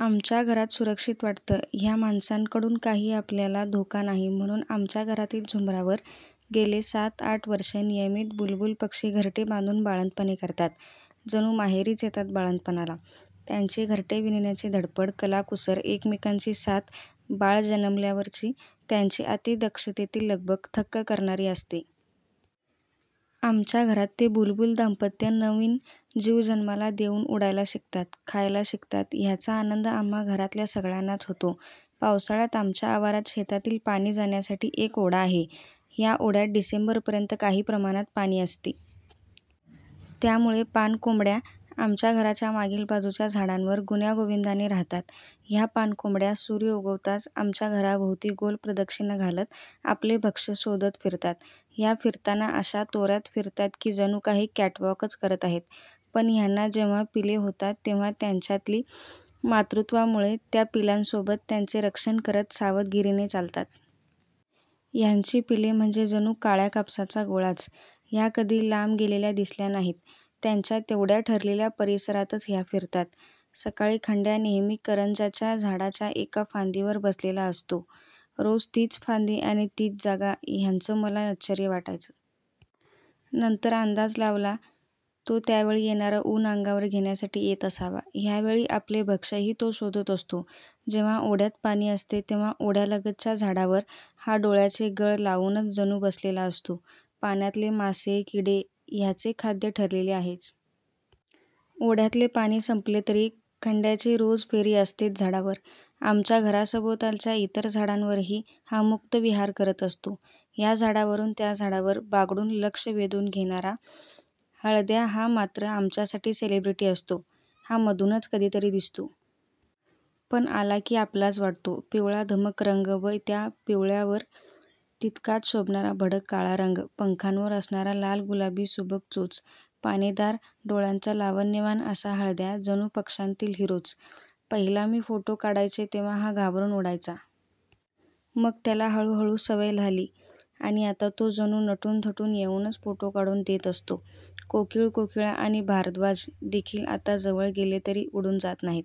आमच्या घरात सुरक्षित वाटतं, ह्या माणसांकडून काही आपल्याला धोका नाही म्हणून आमच्या घरातील झुंबरावर गेले सात आठ वर्षे नियमित बुलबुल पक्षी घरटे बांधून बाळंतपणे करतात. जणू माहेरीच येतात बाळंतपणाला. त्यांची घरटे विणण्याची धडपड, कलाकुसर, एकमेकांची साथ, बाळ जन्मल्यावरची त्यांची अती दक्षतेतील लगबग थक्क करणारी असते. आमच्या घरात ते बुलबुल दांपत्य नवीन जीव जन्माला देऊन उडायला शिकतात, खायला शिकतात ह्याचा आनंद आम्हा घरातल्या सगळ्यांनाच होतो. पावसाळ्यात आमच्या आवारात शेतातील पाणी जाण्यासाठी एक ओढा आहे. ह्या ओढ्यात डिसेंबरपर्यंत काही प्रमाणात पाणी असते. त्यामुळे पाणकोंबड्या आमच्या घराच्या मागील बाजूच्या झाडांवर गुण्यागोविंदाने राहतात. ह्या पाणकोंबड्या सूर्य उगवताच आमच्या घराभोवती गोल प्रदक्षिणा घालत आपले भक्ष्य शोधत फिरतात. ह्या फिरताना अशा तोऱ्यात फिरतात की जणूकाही कॅटवॉकच करत आहेत. पण ह्यांना जेव्हा पिले होतात तेव्हा त्यांच्यातील मातृत्वामुळे त्या पिलांसोबत त्यांचे रक्षण करत सावधगिरीने चालतात. ह्यांची पिले म्हणजे जणू काळ्या कापसाचा गोळाच. ह्या कधी लांब गेलेल्या दिसल्या नाहीत. त्यांच्या तेवढ्या ठरलेल्या परिसरातच ह्या फिरतात. सकाळी खंड्या नेहमी करंज्याच्या झाडाच्या एका फांदीवर बसलेला असतो. रोज तीच फांदी आणि तीच जागा ह्याचं मला आश्चर्य वाटायचं. नंतर अंदाज लावला तो त्यावेळी येणारं ऊन अंगावर घेण्यासाठी येत असावा. ह्यावेळी आपले भक्ष्यही तो शोधत असतो. जेव्हा ओढ्यात पाणी असते तेव्हा ओढ्यालगतच्या झाडावर हा डोळ्याचे गळ लावूनच जणू बसलेला असतो. पाण्यातले मासे, किडे ह्याचे खाद्य ठरलेले आहेच. ओढ्यातले पाणी संपले तरी खंड्याची रोज फेरी असतेच झाडावर. आमच्या घराभोवतालच्या इतर झाडांवरही हा मुक्त विहार करत असतो. ह्या झाडावरून त्या झाडावर बागडून लक्ष वेधून घेणारा हळद्या हा मात्र आमच्यासाठी सेलिब्रेटी असतो. हा मधूनच कधीतरी दिसतो. पण आला की आपलाच वाटतो. पिवळा धमक रंग व त्या पिवळ्यावर तितकाच शोभणारा भडक काळा रंग पंखांवर असणारा, लाल-गुलाबी सुबक चोच, पाणीदार डोळ्यांचा लावण्यवान असा हळद्या जणू पक्ष्यांतील हिरोच. पहिला मी फोटो काढायचे तेव्हा हा घाबरून उडायचा. मग त्याला हळू हळू सवय झाली आणि आता तो जणू नटून थटून येऊनच फोटो काढून देत असतो. कोकीळ, कोकिळा आणि भारद्वाज देखील आता जवळ गेले तरी उडून जात नाहीत.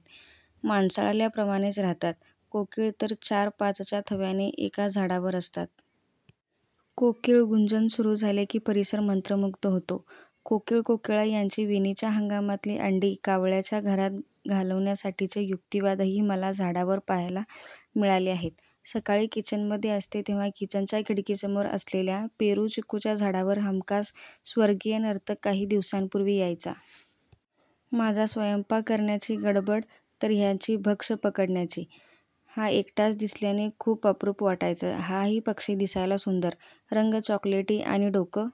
माणसाळल्याप्रमाणेच राहतात. कोकीळ तर चार पाचच्या थव्याने एका झाडावर असतात. कोकिळ गुंजन सुरू झाले की परिसर मंत्रमुग्ध होतो. कोकीळ-कोकिळा यांची विणीच्या हंगामातली अंडी कावळ्याच्या घरात घालण्यासाठीचे युक्तिवादही मला झाडावर पाहायला मिळाले आहेत. सकाळी किचनमध्ये असते तेव्हा किचनच्या खिडकीसमोर असलेल्या पेरू-चिकूच्या झाडावर हमखास स्वर्गीय नर्तक काही दिवसांपूर्वी यायचा. माझ्या स्वयंपाक करण्याची गडबड तर ह्याची भक्ष्य पकडण्याची. हा एकटाच दिसल्याने खूप अप्रूप वाटायचं. हाही पक्षी दिसायला सुंदर. रंग चॉकलेटी आणि डोकं